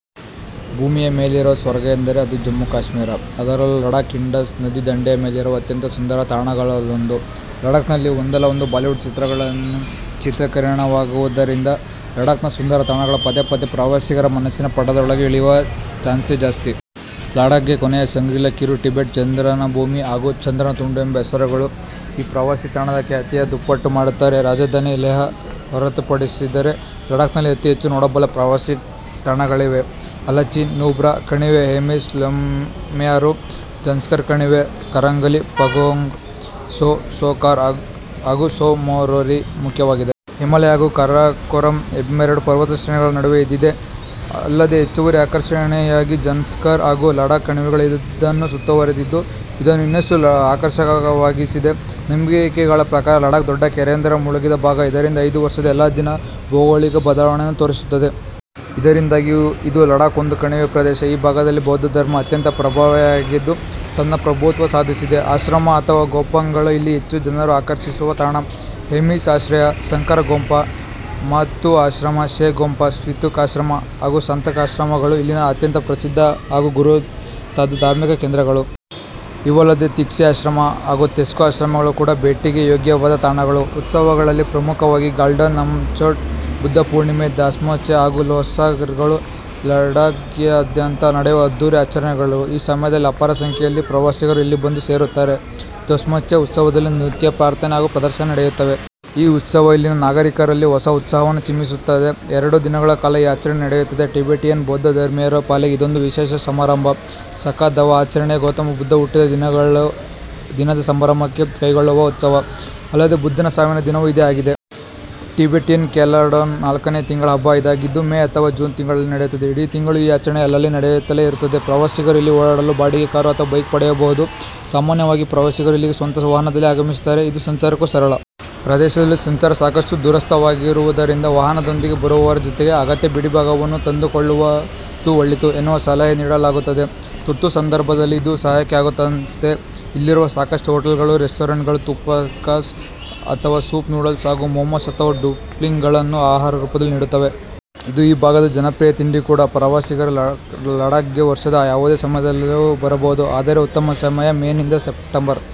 ಭೂಮಿ ಯ ಮೇಲಿರುವ ಸ್ವರ್ಗ ಎಂದರೆ ಅದು ಜಮ್ಮು ಕಾಶ್ಮೀರ. ಅದರಲ್ಲೂ ಲಡಾಖ್ ಇಂಡಸ್ ನದಿ ದಂಡೆಯ ಮೇಲಿರುವ ಅತ್ಯಂತ ಸುಂದರ ತಾಣಗಲ್ಲೊಂದು. ಲಡಾಖ್ನಲ್ಲಿ ಒಂದಲ್ಲ ಒಂದು ಬಾಲಿವುಡ್ ಚಿತ್ರಗಳು ಚಿತ್ರೀಕರಣವಾಗುವುದರಿಂದ ಲಡಾಖ್ನ ಸುಂದರ ತಾಣಗಳು ಪದೇ ಪದೇ ಪ್ರವಾಸಿಗರ ಮನಸ್ಸಿನ ಪಟದೊಳಗೆ ಇಳಿಯುವ ಚಾನ್ಸೇ ಜಾಸ್ತಿ. ಲಡಾಖ್ಗೆ 'ಕೊನೆಯ ಸಂಗ್ರೀಲಾ', 'ಕಿರು ಟಿಬೆಟ್', 'ಚಂದ್ರನ ಭೂಮಿ' ಹಾಗೂ 'ಚಂದ್ರನ ತುಂಡು' ಎಂಬ ಹೆಸರುಗಳು ಈ ಪ್ರವಾಸಿ ತಾಣದ ಖ್ಯಾತಿಯನ್ನು ದುಪ್ಪಟ್ಟು ಮಾಡುತ್ತದೆ. ರಾಜಧಾನಿ ಲೇಹ್ ಹೊರತುಪಡಿಸಿದರೆ ಲಡಾಖ್ನಲ್ಲಿ ಅತೀ ಹೆಚ್ಚು ನೋಡಬಲ್ಲ ಪ್ರವಾಸಿ ತಾಣಗಳಿವೆ. ಅಲಚಿ, ನೂಬ್ರಾ ಕಣಿವೆ, ಹೇಮಿಸ್, ಲಮ್ಯಾರು, ಜನ್ಸ್ಕರ್ ಕಣಿವೆ, ಕರಂಗಲಿ, ಪಂಗೊಂಗ್ ಸೊ, ಸೋ ಕಾರ್ ಹಾಗೂ ಸೊ ಮೋರಿರಿ ಮುಖ್ಯವಾಗಿದೆ. ಹಿಮಾಲಯ ಹಾಗೂ ಕಾರಾಕೋರಂ ಎಂಬೆರಡು ಪರ್ವತ ಶ್ರೇಣಿಗಳ ನಡುವೆ ಇದಿದೆ. ಅಲ್ಲದೇ ಹೆಚ್ಚುವರಿ ಆಕರ್ಷಣೆಯಾಗಿ ಜನ್ಸಕರ್ ಹಾಗೂ ಲಡಾಖ್ ಕಣಿವೆಗಳು ಇದನ್ನು ಸುತ್ತಿವರಿದಿದ್ದು ಇದನ್ನು ಇನ್ನಷ್ಟು ಆಕರ್ಷಕವಾಗಿಸಿದೆ. ನಂಬಿಕೆಗಳ ಪ್ರಕಾರ, ಲಡಾಖ್ ದೊಡ್ಡ ಕೆರೆಯೊಂದರ ಮುಳುಗಿದ ಭಾಗ. ಇದರಿಂದ ಇದು ವರ್ಷದ ಎಲ್ಲಾ ದಿನ ಭೌಗೋಳಿಕ ಬದಲಾವಣೆಯನ್ನು ತೋರಿಸುತ್ತದೆ. ಇದರಿಂದಾಗಿ ಇದು ಲಡಾಖ್ ಒಂದು ಕಣಿವೆ ಪ್ರದೇಶ. ಈ ಭಾಗದಲ್ಲಿ ಬೌದ್ಧ ಧರ್ಮ ಅತ್ಯಂತ ಪ್ರಭಾವಿಯಾಗಿದ್ದು, ತನ್ನ ಪ್ರಭುತ್ವ ಸಾಧಿಸಿದೆ. ಆಶ್ರಮ ಅಥವಾ ಗೋಂಪ್ಗಳು ಇಲ್ಲಿ ಹೆಚ್ಚು ಜನರನ್ನು ಆಕರ್ಷಿಸುವ ತಾಣ. ಹೇಮಿಸ್ ಆಶ್ರಮ, ಸಂಕರ ಗೋಂಪಾ, ಮಾಥೂ ಆಶ್ರಮ, ಶೇ ಗೋಂಪಾ, ಸ್ಪಿತುಕ್ ಆಶ್ರಮ ಹಾಗೂ ಸತಂಕ ಆಶ್ರಮಗಳು ಇಲ್ಲಿನ ಅತ್ಯಂತ ಪ್ರಸಿದ್ಧ ಹಾಗೂ ಗುರುತಾದ ಧಾರ್ಮಿಕ ಕೇಂದ್ರಗಳು. ಇವಲ್ಲದೇ ತಿಕ್ಸೆ ಆಶ್ರಮ ಹಾಗೂ ತೆಸ್ಮೋ ಆಶ್ರಮಗಳು ಕೂಡ ಭೇಟಿಗೆ ಯೋಗ್ಯವಾದ ತಾಣಗಳು. ಉತ್ಸವಗಳಲ್ಲಿ ಪ್ರಮುಖವಾಗಿ ಗಾಲ್ಡನ್ ನಮ್ಚೋಟ್, ಬುದ್ಧ ಪೂರ್ಣಿಮೆ, ದೋಸ್ಮೋಚೇ ಹಾಗೂ ಲೋಸಾರ್ಗಳು ಲಡಾಖ್ನಾದ್ಯಂತ ನಡೆಯುವ ಅದ್ದೂರಿ ಆಚರಣೆಗಳು. ಈ ಸಮಯದಲ್ಲಿ ಅಪಾರ ಸಂಖ್ಯೆಯಲ್ಲಿ ಪ್ರವಾಸಿಗರೂ ಇಲ್ಲಿ ಬಂದು ಸೇರುತ್ತಾರೆ. ದೋಸ್ಮೋಚೇ ಉತ್ಸವದಲ್ಲಿ ನೃತ್ಯ, ಪ್ರಾರ್ಥನೆ ಹಾಗೂ ಪ್ರದರ್ಶನ ನಡೆಯುತ್ತದೆ. ಈ ಉತ್ಸವ ಇಲ್ಲಿನ ನಾಗರಿಕರಲ್ಲಿ ಹೊಸ ಉತ್ಸಾಹವನ್ನು ಚಿಮ್ಮಿಸುತ್ತದೆ. ಎರಡು ದಿನಗಳ ಕಾಲ ಈ ಆಚರಣೆ ನಡೆಯುತ್ತದೆ. ಟಿಬೇಟಿಯನ್ ಬೌದ್ಧ ಧರ್ಮೀಯರ ಪಾಲಿಗೆ ಇದೊಂದು ವಿಶೇಷ ಸಮಾರಂಭ. ಸಖಾ ದವಾ ಆಚರಣೆಯು ಗೌತಮ ಬುದ್ಧ ಹುಟ್ಟಿದ ದಿನದ ಸಂಭ್ರಮಕ್ಕೆ ಕೈಗೊಳ್ಳುವ ಉತ್ಸವ. ಅಲ್ಲದೇ ಬುದ್ಧನ ಸಾವಿನ ದಿನವೂ ಇದೇ ಆಗಿದೆ. ಟಿಬೇಟಿಯನ್ ಕ್ಯಾಲೆಂಡರ್ನ ನಾಲ್ಕನೇ ತಿಂಗಳ ಹಬ್ಬ ಇದಾಗಿದ್ದು, ಮೇ ಅಥವಾ ಜೂನ್ ತಿಂಗಳಲ್ಲಿ ನಡೆಯುತ್ತದೆ. ಇಡೀ ತಿಂಗಳು ಈ ಆಚರಣೆ ಅಲ್ಲಲ್ಲಿ ನಡೆಯುತ್ತಲೇ ಇರುತ್ತದೆ. ಪ್ರವಾಸಿಗರು ಇಲ್ಲಿ ಓಡಾಡಲು ಬಾಡಿಗೆ ಕಾರು ಅಥವಾ ಬೈಕ್ ಪಡೆಯಬಹುದು. ಸಾಮಾನ್ಯವಾಗಿ ಪ್ರವಾಸಿಗರು ಇಲ್ಲಿಗೆ ಸ್ವಂತ ವಾಹನದಲ್ಲಿ ಆಗಮಿಸುತ್ತಾರೆ. ಇದು ಸಂಚಾರಕ್ಕೂ ಸರಳ. ಪ್ರದೇಶದಲ್ಲಿ ಸಂಚಾರ ಸಾಕಷ್ಟು ದುಸ್ತರವಾಗಿರುವುದರಿಂದ ವಾಹನದೊಂದಿಗೆ ಬರುವವರು ಜತೆಗೆ ಅಗತ್ಯ ಬಿಡಿಭಾಗವನ್ನೂ ತಂದುಕೊಳ್ಳುವುದು ಒಳಿತು ಎನ್ನುವ ಸಲಹೆ ನೀಡಲಾಗುತ್ತದೆ. ತುರ್ತು ಸಂದರ್ಭದಲ್ಲಿ ಇದು ಸಹಾಯಕ್ಕೆ ಆಗುತ್ತದೆ. ಇಲ್ಲಿರುವ ಸಾಕಷ್ಟು ಹೋಟೆಲ್ಗಳು, ರೆಸ್ಟೊರೆಂಟ್ಗಳು ತುಪ್ಕಾಸ್ ಅಥವಾ ಸೂಪ್ ನೂಡಲ್ಸ್ ಹಾಗೂ ಮೋಮೊಸ್ ಅಥವಾ ಡುಪ್ಲಿಂಗ್ಗಳನ್ನು ಆಹಾರ ರೂಪದಲ್ಲಿ ನೀಡುತ್ತವೆ. ಇದು ಈ ಭಾಗದ ಜನಪ್ರಿಯ ತಿಂಡಿ ಕೂಡ. ಪ್ರವಾಸಿಗರು ಲಡಾಖ್ಗೆ ವರ್ಷದ ಯಾವುದೇ ಸಮಯದಲ್ಲಿಯೂ ಬರಬಹುದು. ಆದರೆ ಉತ್ತಮ ಸಮಯ, ಮೇ ನಿಂದ ಸೆಪ್ಟೆಂಬರ್